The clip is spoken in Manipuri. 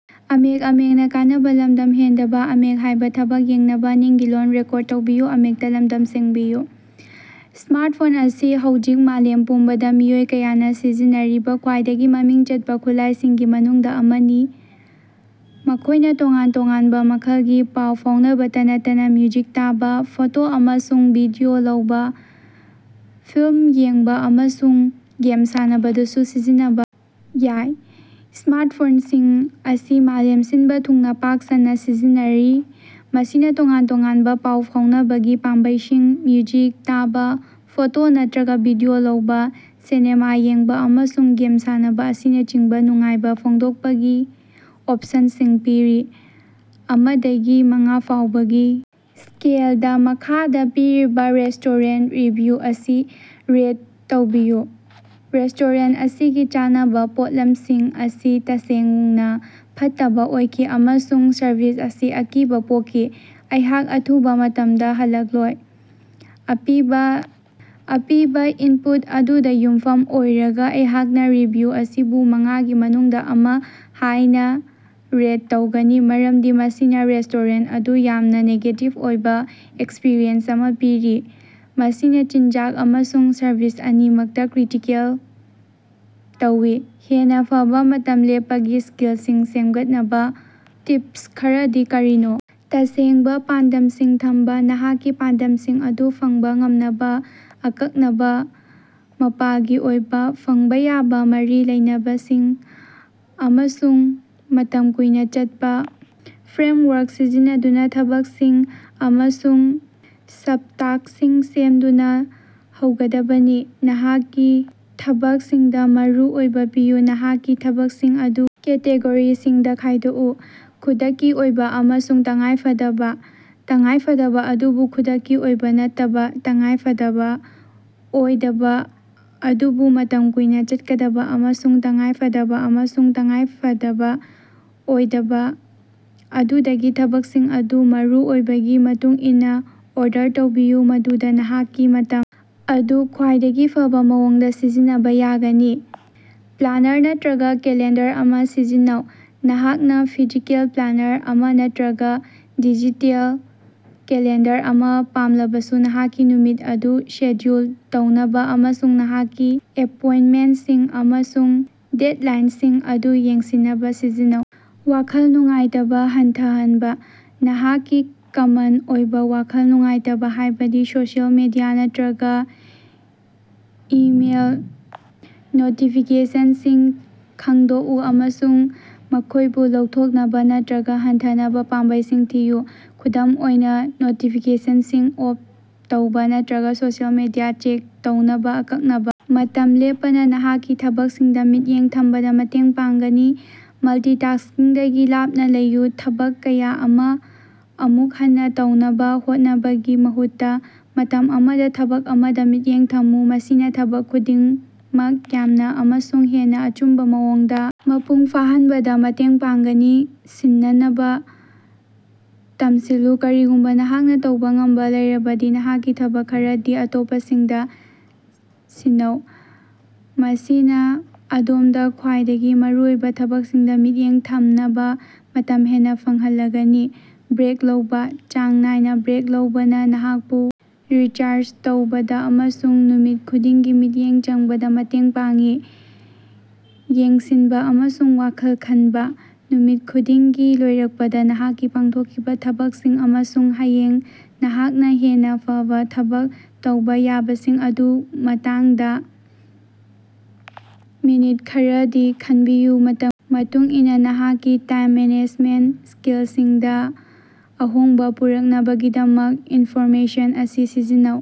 ꯁ꯭ꯃꯥꯔꯠꯐꯣꯟ ꯑꯁꯤ ꯍꯧꯖꯤꯛ ꯃꯥꯂꯦꯝ ꯄꯨꯝꯕꯗ ꯃꯤꯑꯣꯏ ꯀꯌꯥꯅ ꯁꯤꯖꯤꯟꯅꯔꯤꯕ ꯈ꯭ꯋꯥꯏꯗꯒꯤ ꯃꯃꯤꯡ ꯆꯠꯄ ꯈꯨꯠꯂꯥꯏꯁꯤꯡꯒꯤ ꯃꯅꯨꯡꯗ ꯑꯃꯅꯤ꯫ ꯃꯈꯣꯏꯅ ꯇꯣꯉꯥꯟ ꯇꯣꯉꯥꯟꯕ ꯃꯈꯜꯒꯤ ꯄꯥꯎ ꯐꯥꯎꯅꯕꯇ ꯅꯠꯇꯅ ꯃ꯭ꯌꯨꯖꯤꯛ ꯇꯥꯕ, ꯐꯣꯇꯣ ꯑꯃꯁꯨꯡ ꯚꯤꯗꯤꯑꯣ ꯂꯧꯕ ꯐꯤꯜꯃ ꯌꯦꯡꯕ ꯑꯃꯁꯨꯡ ꯒꯦꯝ ꯁꯥꯟꯅꯕꯗꯁꯨ ꯁꯤꯖꯤꯟꯅꯕ ꯌꯥꯏ꯫ ꯁ꯭ꯃꯥꯔꯠꯐꯣꯟꯁꯤꯡ ꯑꯁꯤ ꯃꯥꯂꯦꯝ ꯁꯤꯟꯕ ꯊꯨꯡꯅ ꯄꯥꯛ ꯁꯟꯅ ꯁꯤꯖꯤꯟꯅꯔꯤ꯫ ꯃꯁꯤꯅ ꯇꯣꯉꯥꯟ ꯇꯣꯉꯥꯟꯕ ꯄꯥꯎ ꯐꯥꯎꯅꯕꯒꯤ ꯄꯥꯝꯕꯩꯁꯤꯡ, ꯃ꯭ꯌꯨꯖꯤꯛ ꯇꯥꯕ ꯐꯣꯇꯣ ꯅꯠꯇ꯭ꯔꯒ ꯚꯤꯗꯤꯑꯣ ꯂꯧꯕ ꯁꯤꯅꯦꯃꯥ ꯌꯦꯡꯕ ꯑꯃꯁꯨꯡ ꯒꯦꯝ ꯁꯥꯟꯅꯕ ꯑꯁꯤꯅꯆꯤꯡꯕ ꯅꯨꯡꯉꯥꯏꯕ ꯐꯣꯡꯗꯣꯛꯄꯒꯤ ꯑꯣꯐꯁꯟꯁꯤꯡ ꯄꯤꯔꯤ꯫ ꯑꯃꯗꯒꯤ ꯃꯉꯥꯐꯥꯎꯕꯒꯤ ꯁ꯭ꯀꯦꯜꯗ ꯃꯈꯥꯗ ꯄꯤꯔꯤꯕ ꯔꯦꯁꯇꯣꯔꯦꯟꯇ ꯔꯤꯚꯤꯌꯨ ꯑꯁꯤ ꯔꯦꯠ ꯇꯧꯕꯤꯌꯨ꯫ "ꯔꯦꯁꯇꯣꯔꯦꯟꯇ ꯑꯁꯤꯒꯤ ꯆꯥꯅꯕ ꯄꯣꯠꯂꯝꯁꯤꯡ ꯑꯁꯤ ꯇꯁꯦꯡꯅ ꯐꯠꯇꯕ ꯑꯣꯏꯈꯤ ꯑꯃꯁꯨꯡ ꯁꯔꯕꯤꯁ ꯑꯁꯤ ꯑꯀꯤꯕ ꯄꯣꯛꯈꯤ꯫ ꯑꯩꯍꯥꯛ ꯑꯊꯨꯕ ꯃꯇꯝꯗ ꯍꯜꯂꯛꯂꯣꯏ꯫" ꯑꯄꯤꯕꯥ ꯏꯟꯄꯨꯠ ꯑꯗꯨꯗ ꯌꯨꯝꯐꯝ ꯑꯣꯏꯔꯒ ꯑꯩꯍꯥꯛꯅ ꯔꯤꯚꯤꯌꯨ ꯑꯁꯤꯕꯨ ꯃꯉꯥꯒꯤ ꯃꯅꯨꯡꯗꯥ ꯑꯃ ꯍꯥꯏꯅ ꯔꯦꯠ ꯇꯧꯒꯅꯤ ꯃꯔꯝꯗꯤ ꯃꯁꯤꯅ ꯔꯦꯁꯇꯣꯔꯦꯟꯇ ꯑꯗꯨꯗ ꯌꯥꯝꯅ ꯅꯦꯒꯦꯇꯤꯕ ꯑꯣꯏꯕ ꯑꯦꯛꯁꯄꯔꯤꯌꯦꯟꯁ ꯑꯃꯥ ꯄꯤꯔꯤ꯫ ꯃꯁꯤꯅ ꯆꯤꯟꯖꯥꯛ ꯑꯃꯁꯨꯡ ꯁꯔꯕꯤꯁ ꯑꯅꯤꯃꯛꯇ ꯀ꯭ꯔꯤꯇꯤꯀꯦꯜ ꯇꯧꯏ꯫ ꯍꯦꯟꯅ ꯐꯕ ꯃꯇꯝ ꯂꯦꯞꯄꯒꯤ ꯁ꯭ꯀꯤꯜꯁꯤꯡ ꯁꯦꯝꯒꯠꯅꯕ ꯇꯤꯞꯁ ꯈꯔꯗꯤ ꯀꯔꯤꯅꯣ? ꯇꯁꯦꯡꯕ ꯄꯥꯟꯗꯝꯁꯤꯡ ꯊꯝꯕ ꯅꯍꯥꯛꯀꯤ ꯄꯥꯟꯗꯝꯁꯤꯡ ꯑꯗꯨ ꯐꯪꯕ ꯉꯝꯅꯕ ꯑꯀꯛꯅꯕ, ꯃꯥꯄꯜꯒꯤ ꯑꯣꯏꯕ, ꯐꯪꯕ ꯌꯥꯕ ꯃꯔꯤ ꯂꯩꯅꯕꯡꯑꯃꯁꯨꯡ ꯃꯇꯝ ꯀꯨꯏꯅ ꯆꯠꯄ ꯐ꯭ꯔꯦꯃꯋꯥꯔꯛ ꯁꯤꯖꯤꯟꯅꯗꯨꯅ ꯊꯕꯛꯁꯤꯡ ꯑꯃꯁꯨꯡ ꯁꯕꯇꯥꯁ꯭ꯛꯁꯤꯡ ꯁꯦꯝꯗꯨꯅ ꯍꯧꯒꯗꯕꯅꯤ꯫ ꯅꯍꯥꯛꯀꯤ ꯊꯕꯚꯁꯤꯡꯗ ꯃꯔꯨ ꯑꯣꯏꯕ ꯄꯤꯌꯨ ꯅꯍꯥꯛꯀꯤ ꯊꯕꯛꯁꯤꯡ ꯑꯗꯨ ꯀꯦꯇꯦꯒꯣꯔꯤꯁꯤꯡꯗ ꯈꯥꯏꯗꯣꯛꯎ ꯈꯨꯗꯛꯀꯤ ꯑꯣꯏꯕ ꯑꯃꯁꯨꯡ ꯇꯉꯥꯏꯐꯗꯕ, ꯇꯉꯥꯏꯐꯗꯕ ꯑꯗꯨꯕꯨ ꯈꯨꯗꯛꯀꯤ ꯑꯣꯏꯕ ꯅꯠꯇꯕ, ꯇꯉꯥꯏꯐꯗꯕ ꯑꯣꯏꯗꯕ ꯑꯗꯨꯕꯨ ꯃꯇꯝ ꯀꯨꯏꯅ ꯆꯠꯀꯗꯕ, ꯑꯃꯁꯨꯡ ꯇꯉꯥꯏꯐꯗꯕ ꯑꯃꯁꯨꯡ ꯇꯉꯥꯏꯐꯗꯕ ꯑꯣꯏꯗꯕ꯫ ꯑꯗꯨꯗꯒꯤ ꯊꯕꯛꯁꯤꯡ ꯑꯗꯨ ꯃꯔꯨꯑꯣꯏꯕꯒꯤ ꯃꯇꯨꯡ ꯏꯟꯅ ꯑꯣꯔꯗꯔ ꯇꯧꯕꯤꯌꯨ ꯃꯗꯨꯅ ꯅꯍꯥꯛꯀꯤ ꯃꯇꯝ ꯑꯗꯨ ꯈ꯭ꯋꯥꯏꯗꯒꯤ ꯐꯕ ꯃꯑꯣꯡꯗ ꯁꯤꯖꯤꯟꯅꯕ ꯌꯥꯒꯅꯤ꯫ ꯄ꯭ꯂꯥꯅꯔ ꯅꯠꯇ꯭ꯔꯒ ꯀꯦꯂꯦꯟꯗꯔ ꯑꯃ ꯁꯤꯖꯤꯟꯅꯧ ꯅꯍꯥꯛꯅ ꯐꯤꯖꯤꯀꯦꯜ ꯄ꯭ꯂꯥꯅꯔ ꯑꯃ ꯅꯠꯇ꯭ꯔꯒ ꯗꯤꯖꯤꯇꯦꯜ ꯀꯦꯂꯦꯟꯗꯔ ꯑꯃ ꯄꯥꯝꯂꯕꯁꯨ ꯅꯍꯥꯛꯀꯤ ꯅꯨꯃꯤꯠ ꯑꯗꯨ ꯁꯦꯗ꯭ꯌꯨꯜ ꯇꯧꯅꯕ ꯑꯃꯁꯨꯡ ꯅꯍꯥꯛꯀꯤ ꯑꯦꯄꯣꯏꯟꯇꯃꯦꯟꯇꯁꯤꯡ ꯑꯃꯁꯨꯡ ꯗꯦꯗꯂꯥꯏꯟꯁꯤꯡ ꯑꯗꯨ ꯌꯦꯡꯁꯤꯟꯅꯕ ꯁꯤꯖꯤꯟꯅꯧ꯫ ꯋꯥꯈꯜ ꯅꯨꯡꯉꯥꯏꯇꯕ ꯍꯟꯊꯍꯟꯕ: ꯅꯍꯥꯛꯀꯤ ꯀꯃꯟ ꯑꯣꯏꯕ ꯋꯥꯈꯜ ꯅꯨꯡꯉꯥꯏꯇꯕ ꯍꯥꯏꯕꯗꯤ ꯁꯣꯁꯤꯑꯦꯜ ꯃꯦꯗꯤꯌꯥ ꯅꯠꯇꯔꯒ ꯏꯃꯦꯏꯜ ꯅꯣꯇꯤꯐꯤꯀꯦꯁꯟꯁꯤꯡ ꯈꯪꯗꯣꯛꯎ ꯑꯃꯁꯨꯡ ꯃꯈꯣꯏꯕꯨ ꯂꯧꯊꯣꯛꯅꯕ ꯅꯠꯇ꯭ꯔꯒ ꯍꯟꯊꯍꯟꯅꯕ ꯄꯥꯝꯕꯩꯁꯤꯡ ꯊꯤꯌꯨ꯫ ꯈꯨꯗꯝ ꯑꯣꯏꯅ ꯅꯣꯇꯤꯐꯤꯀꯦꯁꯟꯁꯤꯡ ꯑꯣꯐ ꯇꯧꯕ ꯅꯠꯇ꯭ꯔꯒ ꯁꯣꯁꯤꯑꯦꯜ ꯃꯦꯗꯤꯌꯥ ꯆꯦꯛ ꯇꯧꯅꯕ ꯑꯀꯛꯅꯕ ꯃꯇꯝ ꯂꯦꯞꯄꯅ ꯅꯍꯥꯛꯀꯤ ꯊꯕꯛꯁꯤꯡꯗ ꯃꯤꯠꯌꯦꯡ ꯊꯝꯕꯗ ꯃꯇꯦꯡ ꯄꯥꯡꯒꯅꯤ꯫ ꯃꯜꯇꯤꯇꯥꯁ꯭ꯀꯤꯡꯗꯒꯤ ꯂꯥꯞꯅꯥ ꯂꯩꯌꯨ: ꯊꯕꯛ ꯀꯌꯥ ꯑꯃ ꯑꯃꯨꯛ ꯍꯟꯅ ꯇꯧꯅꯕ ꯍꯣꯠꯅꯕꯒꯤ ꯃꯍꯨꯠꯇ ꯃꯇꯝ ꯑꯃꯗ ꯊꯕꯛ ꯑꯃꯗ ꯃꯤꯠꯌꯦꯡ ꯊꯝꯃꯨ꯫ ꯃꯁꯤꯅ ꯊꯕꯛ ꯈꯨꯗꯤꯡꯃꯛ ꯌꯥꯡꯅ ꯑꯃꯁꯨꯡ ꯍꯦꯟꯅ ꯑꯆꯨꯝꯕ ꯃꯑꯣꯡꯗ ꯃꯄꯨꯡ ꯐꯥꯍꯟꯕꯗ ꯃꯇꯦꯡ ꯄꯥꯡꯒꯅꯤ꯫ ꯁꯤꯟꯅꯅꯕ ꯇꯝꯁꯤꯜꯂꯨ ꯀꯔꯤꯒꯨꯝꯕ ꯅꯍꯥꯛꯅ ꯇꯧꯕ ꯉꯝꯕ ꯂꯩꯔꯕꯗꯤ ꯅꯍꯥꯛꯀꯤ ꯊꯕꯛ ꯈꯔꯗꯤ ꯑꯇꯣꯞꯄꯁꯤꯡꯗꯥ꯫ ꯁꯤꯟꯅꯧ꯫ ꯃꯁꯤꯅ ꯑꯗꯣꯝꯗ ꯈ꯭ꯋꯥꯏꯗꯒꯤ ꯃꯔꯨꯑꯣꯏꯕ ꯊꯕꯛꯁꯤꯡꯗ ꯃꯤꯠꯌꯦꯡ ꯊꯝꯅꯕ ꯃꯇꯝ ꯍꯦꯟꯅ ꯐꯪꯍꯜꯂꯒꯅꯤ꯫ ꯕ꯭ꯔꯦꯛ ꯂꯧꯕꯥ ꯆꯥꯡ ꯅꯥꯏꯅ ꯕ꯭ꯔꯦꯛ ꯂꯧꯕꯅ ꯅꯍꯥꯛꯄꯨ ꯔꯤꯆꯥꯔꯖ ꯇꯧꯕꯗ ꯑꯃꯁꯨꯡ ꯅꯨꯃꯤꯠ ꯈꯨꯗꯤꯡꯒꯤ ꯃꯤꯠꯌꯦꯡ ꯆꯪꯕꯗ ꯃꯇꯦꯡ ꯄꯥꯡꯏ꯫ ꯌꯦꯡꯁꯤꯟꯕ ꯑꯃꯁꯨꯡ ꯋꯥꯈꯜ ꯈꯟꯕ: ꯅꯨꯃꯤꯠ ꯈꯨꯗꯤꯡꯒꯤ ꯂꯣꯏꯔꯛꯄꯗ, ꯅꯍꯥꯛꯅ ꯄꯥꯡꯊꯣꯛꯈꯤꯕ ꯊꯕꯛꯁꯤꯡ ꯑꯃꯁꯨꯡ ꯍꯌꯦꯡ ꯅꯍꯥꯛꯅ ꯍꯦꯟꯅ ꯐꯕ ꯊꯕꯛ ꯇꯧꯕ ꯌꯥꯕꯁꯤꯡ ꯑꯗꯨꯒꯤ ꯃꯇꯥꯡꯗ ꯃꯤꯅꯤꯠ ꯈꯔꯗꯤ ꯈꯟꯕꯤꯌꯨ꯫ ꯃꯇꯝ ꯃꯇꯨꯡꯏꯟꯅ ꯅꯍꯥꯛꯀꯤ ꯇꯥꯏꯝ ꯃꯦꯅꯦꯖꯃꯦꯟꯇ ꯁ꯭ꯀꯤꯜꯁꯤꯡꯗ ꯑꯍꯣꯡꯕ ꯄꯨꯔꯛꯅꯕꯒꯤꯗꯃꯛ ꯏꯟꯐꯣꯔꯃꯦꯁꯟ ꯑꯁꯤ ꯁꯤꯖꯤꯟꯅꯧ꯫